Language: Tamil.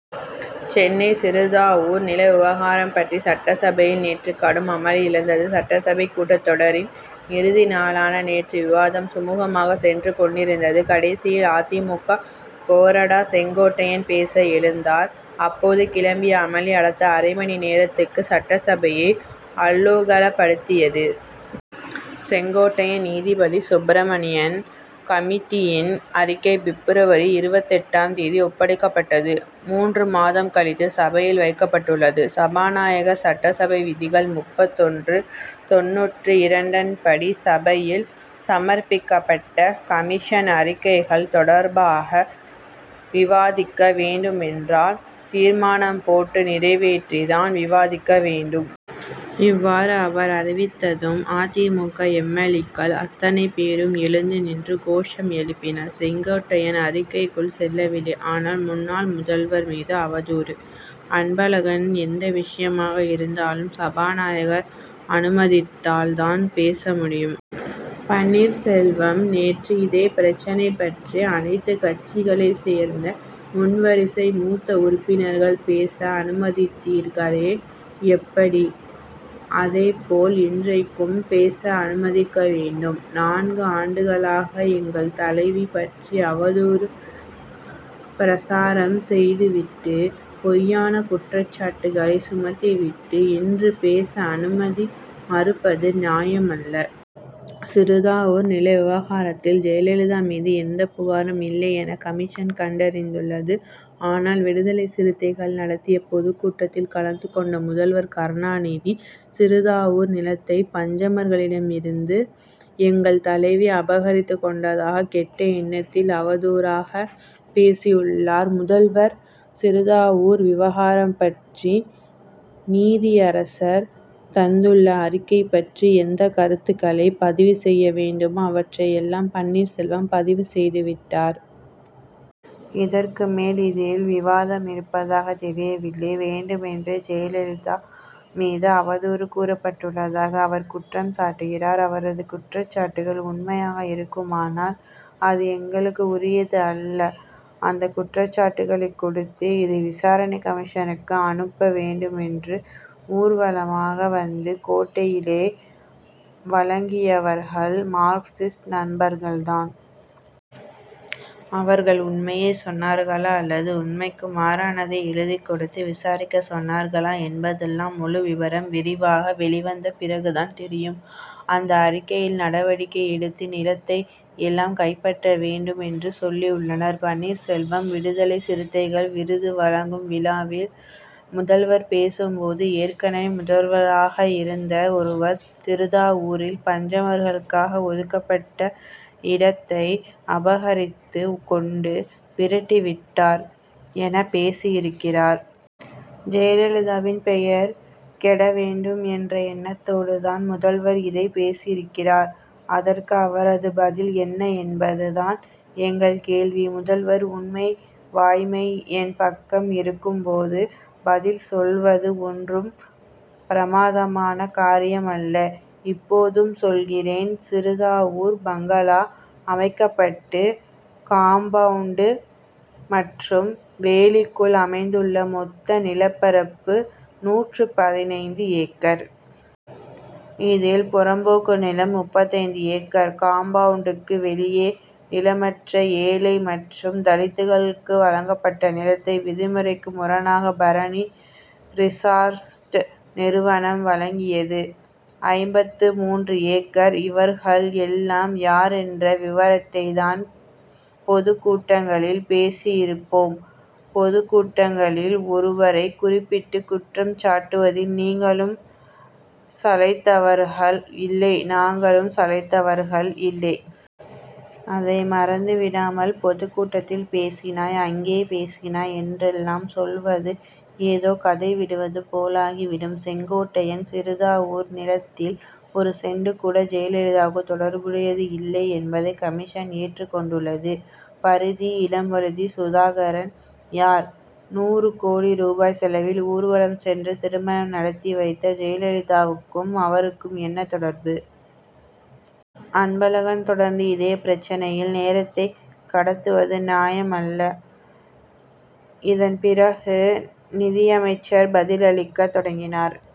சென்னை சிறுதாவூர் நில விவகாரம் பற்றி சட்டசபையில் நேற்று கடும் அமளி எழுந்தது. சட்டசபை கூட்டத்தொடரின் இறுதி நாளான நேற்று விவாதம் சுமுகமாகச் சென்று கொண்டிருந்தது. கடைசியில் அ. தி. மு. க. கோறடா செங்கோட்டையன் பேச எழுந்தார். அப்போது கிளம்பிய அமளி அடுத்த அரை மணி நேரத்துக்கு சட்டசபையை அல்லோகலப்படுத்தியது. செங்கோட்டையன் நீதிபதி சிவசுப்ரமணியன் கமிட்டியின் அறிக்கை பிப்ரவரி இருபத்தெட்டாம் தேதி ஒப்படைக்கப்பட்டது. மூன்று மாதம் கழித்து சபையில் வைக்கப்பட்டுள்ளது. சபாநாயகர் சட்டசபை விதிகள் முப்பத்தொன்று தொண்ணூற்று இரண்டன்படி சபையில் சமர்ப்பிக்கப்பட்ட கமிஷன் அறிக்கைகள் தொடர்பாக விவாதிக்க வேண்டுமென்றால் தீர்மானம் போட்டு நிறைவேற்றி தான் விவாதிக்க வேண்டும். இவ்வாறு அவர் அறிவித்ததும் அ. தி. மு. க. எம். எல். ஏ.க்கள் அத்தனை பேரும் எழுந்து நின்று கோஷம் எழுப்பினர். செங்கோட்டையன் அறிக்கைக்குள் செல்லவில்லை. ஆனால் முன்னாள் முதல்வர் மீது அவதூறு. அன்பழகன் எந்த விஷயமாக இருந்தாலும் சபாநாயகர் அனுமதித்தால் தான் பேச முடியும். பன்னீர் செல்வம் நேற்று இதே பிரச்னை பற்றி அனைத்து கட்சிகளைச் சேர்ந்த முன்வரிசை மூத்த உறுப்பினர்கள் பேச அனுமதித்தீர்களே எப்படி. அதேபோல் இன்றைக்கும் பேச அனுமதிக்க வேண்டும். நான்கு ஆண்டுகளாக எங்கள் தலைவி பற்றி அவதூறு பிரசாரம் செய்துவிட்டு பொய்யான குற்றச்சாட்டுகளை சுமத்திவிட்டு இன்று பேச அனுமதி மறுப்பது நியாயமல்ல. சிறுதாவூர் நில விவகாரத்தில் ஜெயலலிதா மீது எந்தப் புகாரும் இல்லை என கமிஷன் கண்டறிந்துள்ளது. ஆனால் விடுதலைச் சிறுத்தைகள் நடத்திய பொதுக் கூட்டத்தில் கலந்துகொண்ட முதல்வர் கருணாநிதி சிறுதாவூர் நிலத்தை பஞ்சமர்களிடம் இருந்து எங்கள் தலைவி அபகரித்துக்கொண்டதாக கெட்ட எண்ணத்தில் அவதூறாக பேசியுள்ளார். முதல்வர் சிறுதாவூர் விவகாரம் பற்றி நீதியரசர் தந்துள்ள அறிக்கை பற்றி எந்தக் கருத்துக்களைப் பதிவு செய்ய வேண்டுமோ அவற்றை எல்லாம் பன்னீர்செல்வம் பதிவு செய்துவிட்டார். இதற்கு மேல் இதில் விவாதம் இருப்பதாகத் தெரியவில்லை. வேண்டுமென்றே ஜெயலலிதா மீது அவதூறு கூறப்பட்டுள்ளதாக அவர் குற்றம் சாட்டுகிறார். அவரது குற்றச்சாட்டுகள் உண்மையாக இருக்குமானால் அது எங்களுக்கு உரியது அல்ல. அந்தக் குற்றச்சாட்டுகளைக் கொடுத்து இதை விசாரணை கமிஷனுக்கு அனுப்ப வேண்டுமென்று ஊர்வலமாக வந்து கோட்டையிலே வழங்கியவர்கள் மார்க்சிஸ்ட் நண்பர்கள் தான். அவர்கள் உண்மையைச் சொன்னார்களா அல்லது உண்மைக்கு மாறானதை எழுதிக் கொடுத்து விசாரிக்கச் சொன்னார்களா என்பதெல்லாம் முழு விவரம் விரிவாக வெளிவந்த பிறகு தான் தெரியும். அந்த அறிக்கையில் நடவடிக்கை எடுத்து நிலத்தை எல்லாம் கைப்பற்ற வேண்டுமென்று சொல்லியுள்ளனர். பன்னீர்செல்வம் விடுதலைச் சிறுத்தைகள் விருது வழங்கும் விழாவில் முதல்வர் பேசும் போது ஏற்கனவே முதல்வராக இருந்த ஒருவர் சிறுதாவூரில் பஞ்சமர்களுக்காக ஒதுக்கப்பட்ட இடத்தை அபகரித்துக் கொண்டு விரட்டி விட்டார் என பேசியிருக்கிறார். ஜெயலலிதாவின் பெயர் கெட வேண்டும் என்ற எண்ணத்தோடு தான் முதல்வர் இதைப் பேசியிருக்கிறார். அதற்கு அவரது பதில் என்ன என்பது தான் எங்கள் கேள்வி. முதல்வர் உண்மை வாய்மை என் பக்கம் இருக்கும் போது பதில் சொல்வது ஒன்றும் பிரமாதமான காரியமல்ல. இப்போதும் சொல்கிறேன். சிறுதாவூர் பங்களா அமைக்கப்பட்டு காம்பவுண்டு மற்றும் வேலிக்குள் அமைந்துள்ள மொத்த நிலப்பரப்பு நூற்று பதினைந்து ஏக்கர். இதில் புறம்போக்கு நிலம் முப்பத்தைந்து ஏக்கர். காம்பவுண்டுக்கு வெளியே நிலமற்ற ஏழை மற்றும் தலித்களுக்கு வழங்கப்பட்ட நிலத்தை விதிமுறைக்கு முரணாக பரணி ரிசார்ட்ஸ் நிறுவனம் வாங்கியது ஐம்பத்து மூன்று ஏக்கர். இவர்கள் எல்லாம் யார் என்ற விவரத்தைத் தான் பொதுக்கூட்டங்களில் பேசியிருப்போம். பொதுக்கூட்டங்களில் ஒருவரை குறிப்பிட்டு குற்றம் சாட்டுவதில் நீங்களும் சளைத்தவர்கள் இல்லை நாங்களும் சளைத்தவர்கள் இல்லை. அதை மறந்துவிடாமல் பொதுக்கூட்டத்தில் பேசினாய் அங்கே பேசினாய் என்றெல்லாம் சொல்வது ஏதோ கதை விடுவது போலாகி விடும். செங்கோட்டையன் சிறுதாவூர் நிலத்தில் ஒரு சென்ட் கூட ஜெயலலிதாவுக்கு தொடர்புடையது இல்லை என்பதை கமிஷன் ஏற்றுக் கொண்டுள்ளது. பரிதி இளம்வழுதி சுதாகரன் யார். நூறு கோடி ரூபாய் செலவில் ஊர்வலம் சென்று திருமணம் நடத்தி வைத்த ஜெயலலிதாவுக்கும் அவருக்கும் என்ன தொடர்பு. அன்பழகன் தொடர்ந்து இதே பிரச்னையில் நேரத்தைக் கடத்துவது நியாயமல்ல. இதன் பிறகு நிதியமைச்சர் பதில் அளிக்கத் தொடங்கினார்.